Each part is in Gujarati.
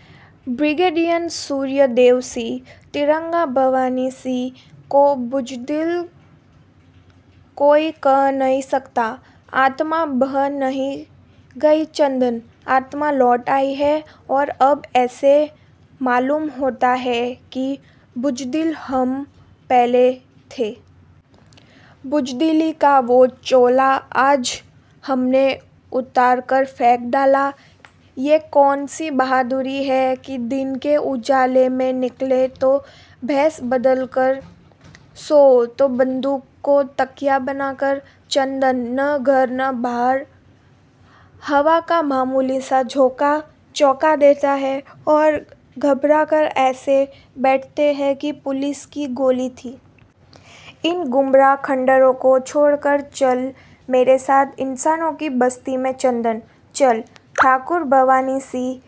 – બ્રિગેડિયર સૂર્યદેવ સિંહ, તિરંગા ભવાની સિંહ કો બુઝદિલ કોઈ કહ નહીં સકતા! આત્મા બહ નહીં ગઈ ચંદન, આત્મા લૌટ આઈ હૈ. ઔર અબ ઐસે માલૂમ હોતા હૈ કિ બુઝદિલ હમ પહેલે થે. બુઝદિલી કા વો ચોલા આજ હમને ઉતારકર ફેંક ડાલા. યે કૌન સી બહાદુરી હૈ કિ દિન કે ઉજાલે મેં નિકલે તો ભેસ બદલ કર. સોઓ તો બંદૂક કો તકિયા બના કર. ચંદન, ન ઘર ન બાર, હવા કા મામૂલી સા ઝોકા ચૌકા દેતા હે ઔર ગભરાકર ઐસે બૈઠતે હૈ કી પુલિસ કી ગોલી થી. ઇન ગુમરાહ ખંડરો કો છોડકર ચલ મેરે સાથ, ઇંસાનો કી બસ્તી મેં ચંદન, ચલ. – ઠાકુર ભવાની સિંહ,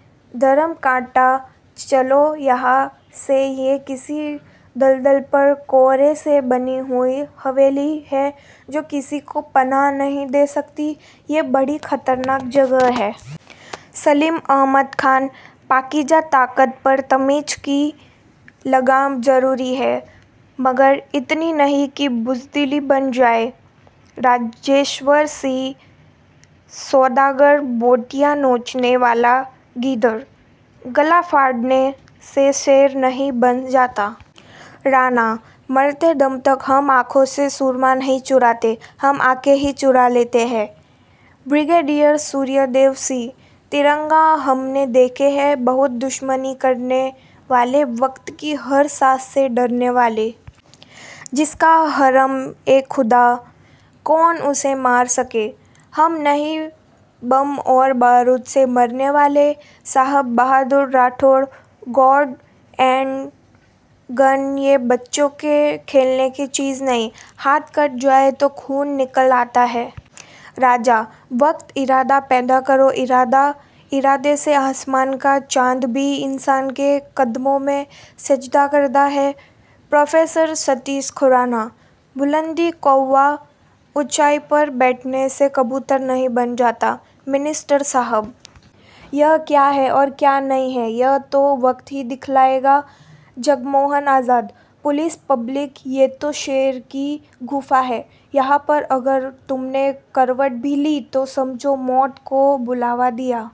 ધરમ કાંટા ચલો યહાં સે યે કિસી દલદલ પર કોહરે સે બની હુઈ હવેલી હૈ જો કિસી કો પનાહ નહીં દે સકતી, યે બડી ખતરનાક જગહ હૈ. – સલીમ અહમદ ખાન, પાકીઝા તાકત પર તમીઝ કી લગામ ઝરુરી હૈ, મગર ઇતની નહીં કિ બુઝદિલી બન જાએ. – રાજેશ્વર સિંહ, સૌદાગર બોટિયાં નોચને વાલા ગિદડ, ગલા ફાડને સે શેર નહીં બન જાતા. – રાણા, મરતે દમ તક હમ આંખો સે સુરમા નહીં ચુરાતે, હમ આંખે હી ચુરા લેતે હૈ. – બ્રિગેડિયર સૂર્યદેવ સિંહ, તિરંગા હમને દેખે હૈ બહુત દુશ્મની કરને વાલે, વક્ત કી હર સાંસ સે ડરને વાલે. જિસકા હરમ-એ-ખુદા, કૌન ઉસે માર સકે, હમ નહીં બમ ઔર બારુદ સે મરને વાલે. – Sahab Bahadur Rathod, god and gun યે બચ્ચો કે ખેલને કી ચીઝ નહીં, હાથ કટ જાયે તો ખૂન નિકલ આતા હૈ. – રાજા, વક્ત ઇરાદા પૈદા કરો ઈરાદા, ઇરાદે સે આસમાન કા ચાંદ ભી ઇંસાન કે કદમો મેં સજદા કરતા હૈ. – પ્રોફેસર સતીશ ખુરાના, બુલંદી કૌવા ઊંચાઈ પર બૈઠને સે કબૂતર નહીં બન જાતા મિનિસ્ટર સાહબ! યહ ક્યા હૈ ઔર ક્યા નહીં હૈ, યહ તો વક્ત હી દિખલાએગા. – જગમોહન આઝાદ, પુલિસ પબ્લિક યે તો શેર કી ગુફા હૈ. યહાં પર અગર તુમને કરવટ ભી લી તો સમજો મૌત કો બુલાવા દિયા.